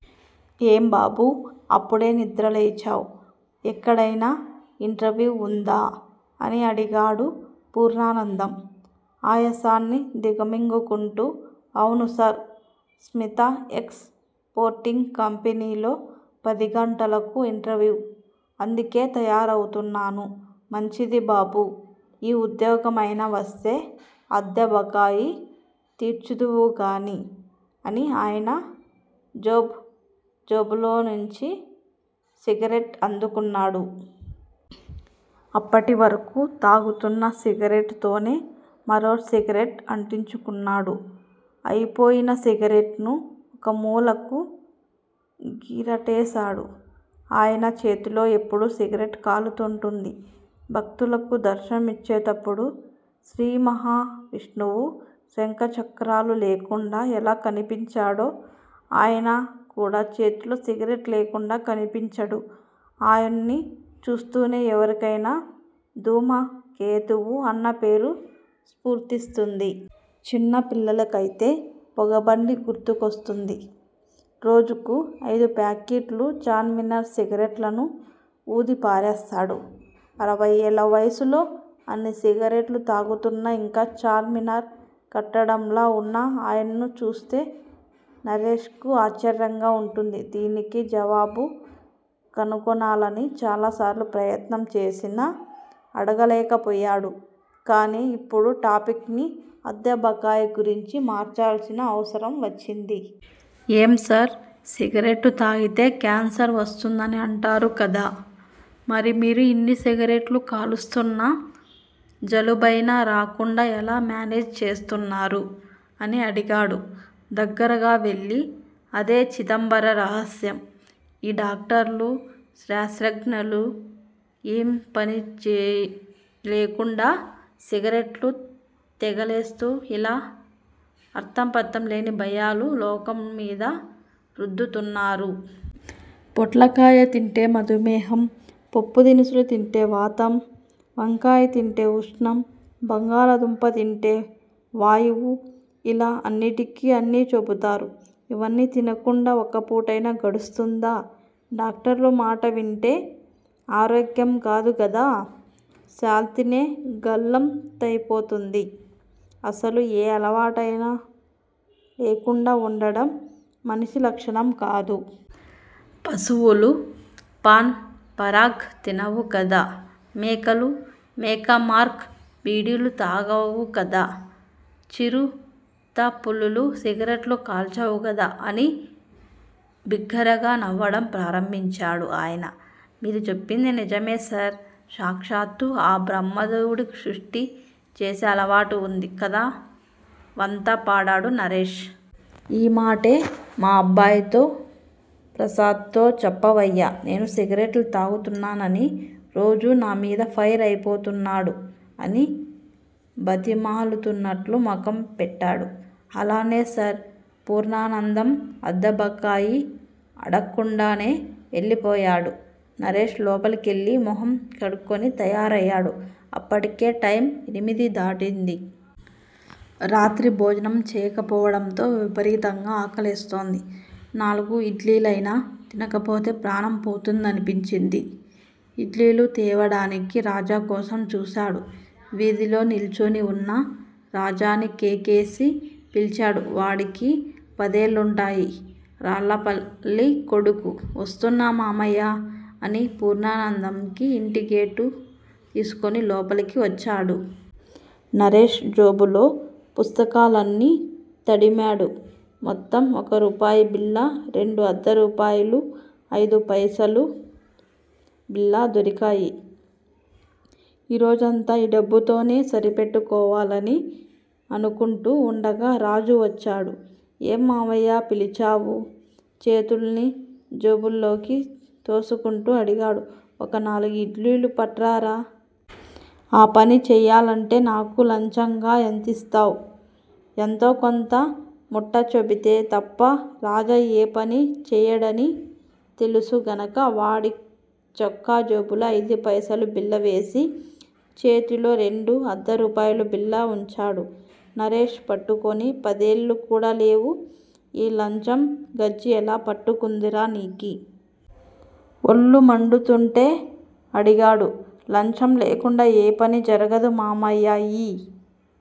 ఏం బాబూ! అప్పుడే నిద్రలేచావ్! ఎక్కడైనా ఇంటర్వ్యూ వుందా? అని అడిగాడు పూర్ణానందం ఆయాసాన్ని దిగమింగుకుంటూ. అవును సార్. స్మిత ఎక్స్ పోర్టింగ్ కంపెనీలో పదిగంటలకు ఇంటర్వ్యూ. అందుకే తయారవుతున్నాను. మంచిది బాబూ. ఈ ఉద్యోగం అయినా వస్తే అద్దె బకాయి తీర్చుదువుగానీ అని ఆయన జుబ్బా జేబులోంచి సిగరెట్ అందుకున్నాడు. అప్పటివరకు తాగుతున్న సిగరెట్ తోనే మరో సిగరెట్ అంటించుకున్నాడు. అయిపోయిన సిగరెట్ ను ఓ మూలకు గిరాటేశాడు. ఆయన చేతిలో ఎప్పుడూ సిగరెట్ కాలుతుంటుంది. భక్తులకు దర్శనమిచ్చేటప్పుడు శ్రీ మహావిష్ణువు శంఖుచక్రాలు లేకుండా ఎలా కనిపించడో ఆయన కూడా చేతిలోని సిగరెట్ లేకుండా కనిపించడు. ఆయన్ను చూస్తూనే ఎవరికైనా 'ధూమకేతువు' అన్న పేరు స్ఫురిస్తుంది. చిన్న పిల్లలకయితే పొగబండి గుర్తుకొస్తుంది. రోజుకి అయిదు ప్యాకెట్ల చార్మినార్ సిగరెట్లను వూదిపారేస్తాడు. అరవయేళ్ళ వయసులో అన్ని సిగరెట్లు తాగుతున్నా ఇంకా చార్మినార్ కట్టడంలా వున్న ఆయన్ను చూస్తే నరేష్ కి ఆశ్చర్యంగా వుంటుంది. దీనికి జవాబు కనుగొనాలని చాలాసార్లు ప్రయత్నం చేసినా అడగలేకపోయాడు. కానీ ఇప్పుడు టాపిక్ ని అద్దె బకాయి నుంచి మార్చాల్సిన అవసరం వచ్చింది. ఏం సార్! సిగరెట్లు తాగితే కాన్సర్ వస్తుందని అంటారు కదా. మరి మీరు ఇన్ని సిగరెట్లు కాలుస్తున్నా జలుబైనా రాకుండా ఎలా మేనేజ్ చేస్తున్నారు? అని అడిగాడు దగ్గరగా వెళ్ళి. అదే చిదంబర రహస్యం. ఈ డాక్టర్లు, శాస్త్రజ్ఞులు ఏం పని లేకుండా సిగరెట్లు తగలేస్తూ ఇలా అర్థంపర్థం లేని భయాలను లోకం మీద రుద్దుతున్నారు. పొట్లకాయ తింటే మధుమేహం, పప్పు దినుసులు తింటే వాతం, వంకాయ తింటే ఊష్ణం, బంగాళాదుంప తింటే వాయువు ఇలా అన్నిటికీ అన్నీ చెబుతారు. ఇవన్నీ తినకుండా ఓ పూటైనా గడుస్తుందా? డాక్టర్ల మాట వింటే ఆరోగ్యం కాదుగదా శాల్తీనే గల్లంతైపోతుంది. అసలు ఏ అలవాటూ లేకుండా వుండడం మనిషి లక్షణం కాదు. పశువులు పాన్ పరాగ్ తినవు కదా. మేకలు మేకమార్కు బీడీలు తాగవు కదా. చిరుతపులులు సిగరెట్లు కాల్చవుగదా అని బిగ్గరగా నవ్వడం ప్రారంభించాడు ఆయన. మీరు చెప్పింది నిజమే సార్. సాక్షాత్తు ఆ బ్రహ్మదేవుడికి సృష్టి చేసే అలవాటు వుంది కదా వంత పాడాడు నరేష్. ఈ మాటే మా అబ్బాయి ప్రసాద్ తో చెప్పవయ్యా, నేను సిగరెట్లు తాగుతున్నానని రోజూ నామీద ఫైర్ అయిపోతున్నాడు అని బతిమాలుతున్నట్టు ముఖం పెట్టాడు. అలానే సార్ పూర్ణానందం అద్దెబకాయి అడక్కుండానే వెళ్ళిపోయాడు. నరేష్ లోపలికెళ్ళి ముఖం కడుక్కుని తయారయ్యాడు. అప్పటికి టైమ్ ఎనిమిది దాటింది. రాత్రి భోజనం చేయకపోవడంతో విపరీతంగా ఆకలేస్తోంది. నాలుగు ఇడ్లీలైనా తినకపోతే ప్రాణం పోతుందనిపించింది. ఇడ్లీలు తేవడానికి రాజా కోసం చూశాడు. వీధిలో నిల్చుని వున్న రాజాని కేకేసి పిలిచాడు. వాడికి పదేళ్లుంటాయి. రాళ్ళపల్లి కొడుకు. వస్తున్నా మామయ్యా! అని పూర్ణానందం ఇంటిగేటు తీసుకుని లోపలికి వచ్చాడు. నరేష్ జేబులో, పుస్తకాలన్నీ తడిమాడు. మొత్తం ఒక రూపాయి బిళ్ళ, రెండు అర్థరూపాయలు, ఒక ఐదుపైసలు బిళ్ళా దొరికాయి. ఈ రోజంతా ఆ డబ్బుతోనే సరిపెట్టుకోవాలని అనుకుంటూ వుండగా రాజు వచ్చాడు. ఏం మామయ్యా! పిలిచావు చేతుల్ని జేబుల్లోకి తోసుకుంటూ అడిగాడు. ఓ నాలుగు ఇడ్లీలు పట్రారా. ఆ పని చేయాలంటే నాకు లంచంగా ఎంతిస్తావ్? ఎంతో కొంత ముట్టచెబితే తప్ప రాజా ఏ పనీ చేయడని తెలుసు గనుక వాడి చొక్కా జేబులో ఐదుపైసలు బిళ్ళవేసి చేతిలో రెండు అర్థరూపాయల బిళ్ళలు వుంచాడు నరేష్. పట్టుమని పదేళ్ళు కూడా లేవు, ఈ లంచం గజ్జి ఎలా పట్టుకుందిరా నీకు? ఒళ్ళు మండుతుంటే అడిగాడు. లంచం లేకుండా ఏ పనీ జరగదు మామయ్యా. ఈ